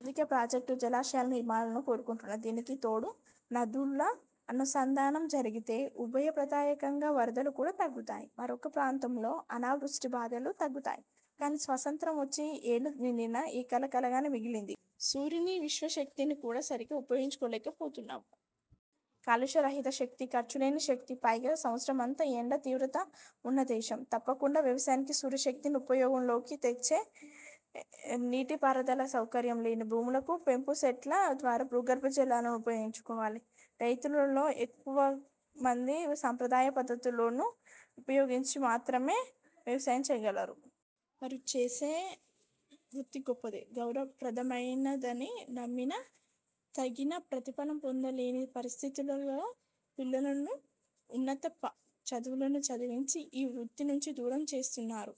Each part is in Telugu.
అందుకే ప్రాజెక్టులు, జలాశయాల నిర్మాణాలను కోరుకుంటున్నాడు. దీనికి తోడు నదుల అనుసంధానం జరిగితే ఉభయ ప్రదాయకంగా వరదలు కూడా తగ్గుతాయి. మరొక ప్రాంతంలో అనావృష్ఠి బాధలు తగ్గుతాయి. కానీ స్వాతంత్ర్యం వచ్చి యేళ్ళు నిండినా ఈ కల కలగానే మిగిలింది. సూర్యుని విశ్వశక్తిని కూడా సరిగా ఉపయోగించుకోలేక పోతున్నాము. కాలుష్యరహిత శక్తి, ఖర్చులేని శక్తి. పైగా సంవత్సరమంతా ఎండ తీవ్రత ఉన్న దేశం. తప్పకుండా వ్యవసాయానికి సూర్యశక్తిని ఉపయోగంలోకి తెచ్చే నీటి పారుదల సౌకర్యం లేని భూములకు పంపుసెట్ల ద్వారా భూగర్భ జలాలను ఉపయోగించుకోవాలి. రైతులలో ఎక్కువ మంది సాంప్రదాయ పద్ధతులోను ఉపయోగించి మాత్రమే వ్యవసాయం చెయ్యగలరు. వారు చేసే వృత్తి గొప్పది, గౌరవ ప్రదమైనదని నమ్మినా తగిన ప్రతిఫలం పొందలేని పరిస్ధితులలో పిల్లలను ఉన్నత చదువులను చదివించి ఈ వృత్తి నుంచి దూరం చేస్తున్నారు.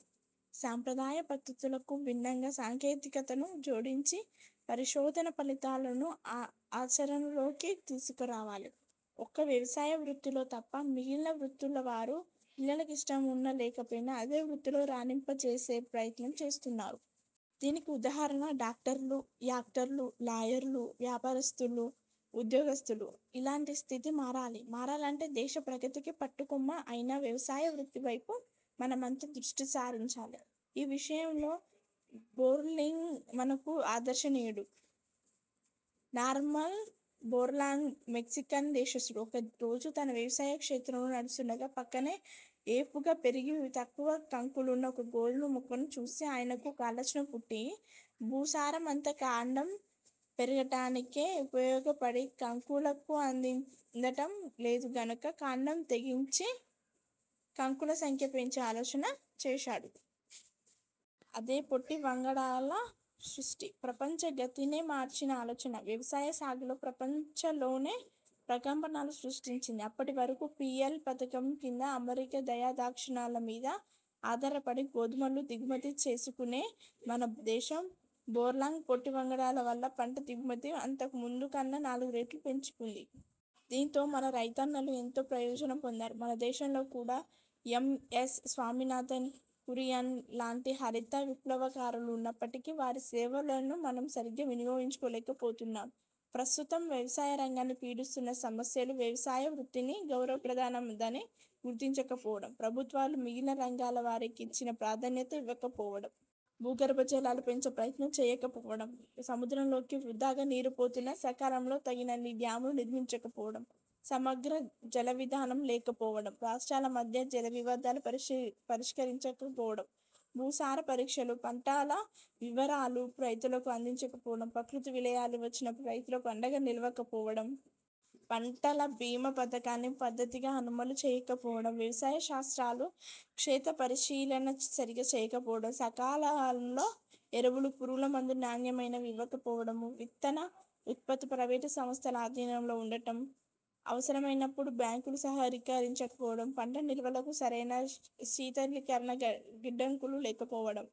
సాంప్రదాయ పద్ధతులకు భిన్నంగా సాంకేతికతను జోడించి, పరిశోధనా ఫలితాలను ఆచరణలోకి తీసుకురావాలి. ఒక్క వ్యవసాయ వృత్తిలో తప్ప మిగిలిన వృత్తులవారు, పిల్లలకిష్టమున్నా లేకపోయినా అదే వృత్తిలో రాణింపజేసే ప్రయత్నం చేస్తున్నారు. దీనికి ఉదాహరణ డాక్టర్లు, యాక్టర్లు, లాయర్లు, వ్యాపారస్తులు, ఉద్యోగస్తులు. ఇలాంటి స్థితి మారాలి. మారాలంటే దేశ ప్రగతికి పట్టుకొమ్మ అయిన వ్యవసాయ వృత్తి వైపు మనమంతా దృష్టిసారించాలి. ఈ విషయంలో బోర్లీంగ్ మనకు ఆదర్శనీయుడు. నార్మన్ బోర్లాగ్ మెక్సికన్ దేశస్థుడు. ఒక రోజు తన వ్యవసాయ క్షేత్రంలో నడుస్తుండగా పక్కనే ఏపుగా పెరిగి తక్కువ కంకులున్న ఒక గోధుమ మొక్కను చూసి ఆయనకు ఒక ఆలోచన పుట్టి, భూసారమంతా కాండం పెరగటానికే ఉపయోగపడి కంకులకు అందటం లేదు గనుక కాండం తెగించి కంకుల సంఖ్య పెంచే ఆలోచన చేసాడు. అదే పొట్టి వంగడాల సృష్టి. ప్రపంచ గతినే మార్చిన ఆలోచన. వ్యవసాయ సాగులో ప్రపంచలోనే ప్రకంపనాలు సృష్టించింది. అప్పటివరకూ పీఎల్– పథకం కింద అమెరికా దయాదాక్షిణ్యాల మీద అధారపడి గోధుమలు దిగుమతి చేసుకునే మన దేశం బోర్లాగ్ పొట్టి వంగడాల వల్ల పంట దిగుమతి అంతకు ముందు కన్నా నాలుగురెట్లు పెంచుకుంది. దీంతో మన రైతన్నలు ఎంతో ప్రయోజనం పొందారు. మన దేశంలో కూడా యం. యస్. స్వామినాథన్, కురియన్ లాంటి హరిత విప్లవకారులు ఉన్నప్పటికీ వారిసేవలను మనం సరిగ్గా వినియోగించుకోలేకపోతున్నాం. ప్రస్తుతం వ్యవసాయరంగాన్ని పీడిస్తున్న సమస్యలు వ్యవసాయ వృత్తిని గౌరవ ప్రదమైనదని గుర్తించకపోవడం. ప్రభుత్వాలు మిగిలిన రంగాల వారికిచ్చిన ప్రాధాన్యత ఇవ్వకపోవడం. భూగర్భ జలాలు పెంచే ప్రయత్నం చేయకపోవడం. సముద్రంలోకి వృథాగా నీరు పోతున్నా సకాలంలో తగినన్ని డ్యామ్లు నిర్మించకపోవడం. సమగ్ర జల విధానం లేకపోవడం, రాష్ట్రాల మధ్య జలవివాదాలు పరిష్కరించకపోవడం. భూసార పరీక్షలు, పంటల వివరాలు రైతులకు అందించకపోవడం. ప్రకృతి విలయాలు వచ్చినప్పుడు రైతులకు అండగా నిలవకపోవడం. పంటల బీమా పథకాన్ని పద్ధతిగా అమలు చేయకపోవడం. వ్యవసాయ శాస్త్రులు క్షేత్ర పరిశీలన సరిగా చేయకపోవడం. సకాలంలో ఎరువులు, పురుగు మందులు నాణ్యమైనవి ఇవ్వకపోవడం. విత్తన ఉత్పత్తి ప్రైవేటు సంస్థల ఆధీనంలో ఉండటం. అవసరమైనప్పుడు బ్యాంకులు సహకరించకపోవడం. పంట నిల్వలకు సరియైన శీతలీకరణ గిడ్డంగులు లేకపోవడం.